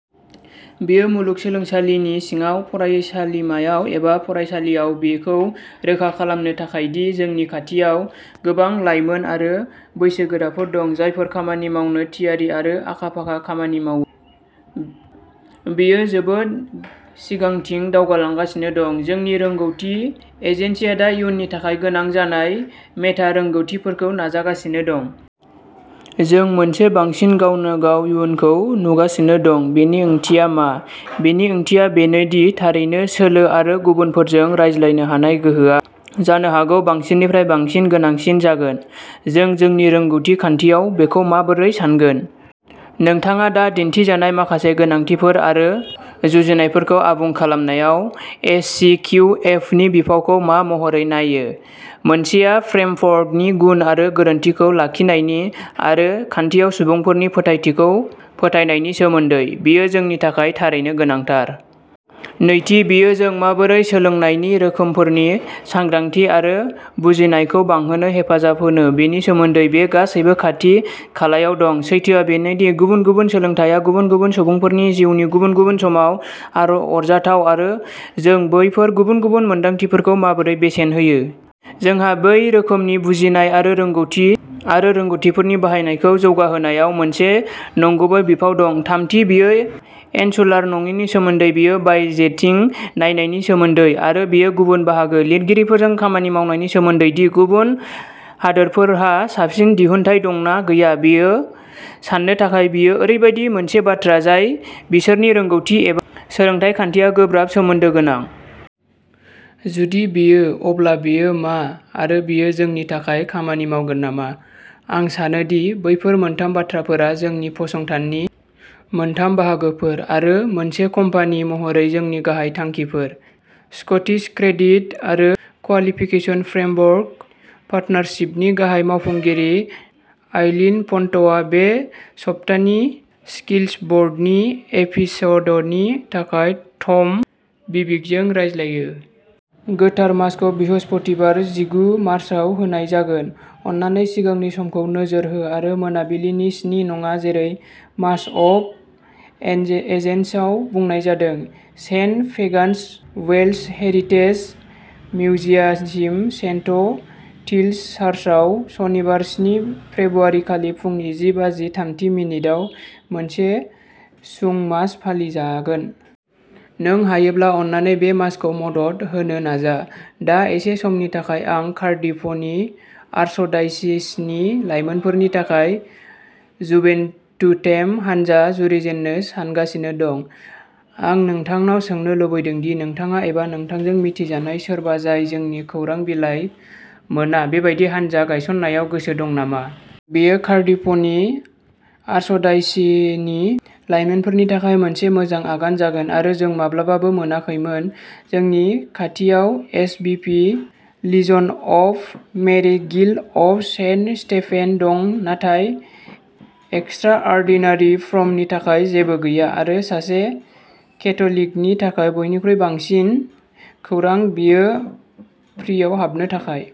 बेयो मुलुगसोलोंसालिनि सिङाव, फरायसालिमायाव एबा फरायसालियाव, बेखौ रोखा खालामनो थाखाय दि जोंनि खाथियाव गोबां लाइमोन आरो बैसोगोराफोर दं, जायफोरा खामानि मावनो थियारि आरो आखा-फाखा खामानि मावो, बेयो जोबोद सिगांथिं दावगालांगासिनो दं। जोंनि रोंग'थि एजेन्सिआ दा इयुननि थाखाय गोनां जानाय मेटा रोंग'थिफोरखौ नायगासिनो दं। जों मोनसे बांसिन गावनो-गाव इयुनखौ नुगासिनो दं, बेनि ओंथिया मा? बेनि ओंथिया बेनो दि थारैनो सोलो, आरो गुबुनफोरजों रायज्लायनो हानाय गोहोआ जानो हागौ बांसिननिफ्राय बांसिन गोनांसिन जागोन, जों जोंनि रोंग'थि खान्थियाव बेखौ माबोरै सानगोन? नोंथाङा दा दिन्थिजानाय माखासे गोनांथिफोर आरो जुजिनायफोरखौ आबुं खालामनायाव एस सि किउ एप नि बिफावखौ मा महरै नायो? मोनसेया फ्रेमवर्कनि गुन आरो गोरोनथिखौ लाखिनायनि, आरो खान्थियाव सुबुंफोरनि फोथायथिखौ फोथायनायनि सोमोन्दै। बेयो जोंनि थाखाय थारैनो गोनांथार। नैथि, बेयो जों माबोरै सोलोंनायनि रोखोमफोरनि सांग्रांथि आरो बुजिनायखौ बांहोनो हेफाजाब होयो बेनि सोमोन्दै। बे गासैबो खाथि-खालायाव दं। सैथोआ बेनो दि गुबुन-गुबुन सोलोंथाया गुबुन-गुबुन सुबुंफोरनि जिउनि गुबुन-गुबुन समाव आर'जाथाव जायो। जों बैफोर गुबुन-गुबुन मोनदांथिफोरखौ माबोरै बेसेन होयो? जोंहा बै रोखोमनि बुजिनाय आरो रोंग'थि आरो रोंग'थिफोरनि बाहायनायखौ जौगाहोनायाव मोनसे नंगुबै बिफाव दं। थामथि, बेयो इनसुलार नङिनि सोमोन्दै, बेयो बायजोथिं नायनायनि सोमोन्दै, आरो बेयो गुबुन बाहागो लागिरिफोरजों खामानि मावनायनि सोमोन्दै दि गुबुन हादोरफोरहा साबसिन दिहुनथाइ दंना गैया बेयो साननो थाखाय बेयो ओरैबायदि मोनसे बाथ्रा जाय बिसोरनि रोंग'थि एबा सोलोंथाय खान्थियाव गोब्राब सोमोन्दो गोनां। जुदि बेयो, अब्ला बेयो मा, आरो बेयो जोंनि थाखाय खामानि मावगोन नामा? आं सानो दि बैफोर मोनथाम बाथ्राफोरा जोंनि फसंथाननि मोनथाम बाहागोफोर, आरो मोनसे कम्पानि महरै जोंनि गाहाय थांखिफोर। स्कटिस क्रेडिट आरो क्वालिफिकेसन फ्रेमवर्क पार्टनारशिपनि गाहाय मावफुंगिरि, आइलीन पन्टन, बे सप्तानि स्किल्स वर्ल्डनि एपिस'डनि थाखाय टम बिविकजों रायज्लायो। गोथार मासखौ बृहस्पतिबार जिगु मार्चाव होनाय जागोन। अन्नानै सिगांनि समखौ नोजोर हो आरो मोनाबिलिनि स्नि नङा जेरै मास अफ एनजे-एजेसआव बुंनाय जादों। सेन्ट फेगान्स वेल्श हेरिटेज मिउजियामनि सेन्ट टील'स चार्चआव सनिबार स्नि फेब्रुआरि खालि फुंनि जि बाजि थामजि मिनिट आव मोनसे सुं मास फालिजागोन। नों हायोब्ला अन्नानै बे मासखौ मदद होनो नाजा। दा एसे समनि थाखाय आं कार्डिफनि आर्चडायसिसनि लाइमोनफोरनि थाखाय जुभेन्टुटेम हानजा जुरिजेननो सानगासिनो दं। आं नोंथांनाव सोंनो लुबैदों दि नोंथाङा एबा नोंथांजों मिथिजानाय सोरबा जाय जोंनि खौरां बिलाइ मोना, बेबादि हानजा गायसननायाव गोसो दं नामा? बेयो कार्डिफनि आर्चडायसिनि लाइमोनफोरनि थाखाय मोनसे मोजां आगान जागोन आरो जों माब्लाबाबो मोनाखैमोन। जोंनि खाथियाव SVP, लिजन of Mary, guild of saint Stephen दं, नाथाय एक्सट्रा अर्डिनारि फ्रमनि थाखाय जेबो गैया आरो सासे केथलिकनि थाखाय बयनिख्रुइ साबसिन खौरां बेयो फ्रिआव हाबनो थाखाय।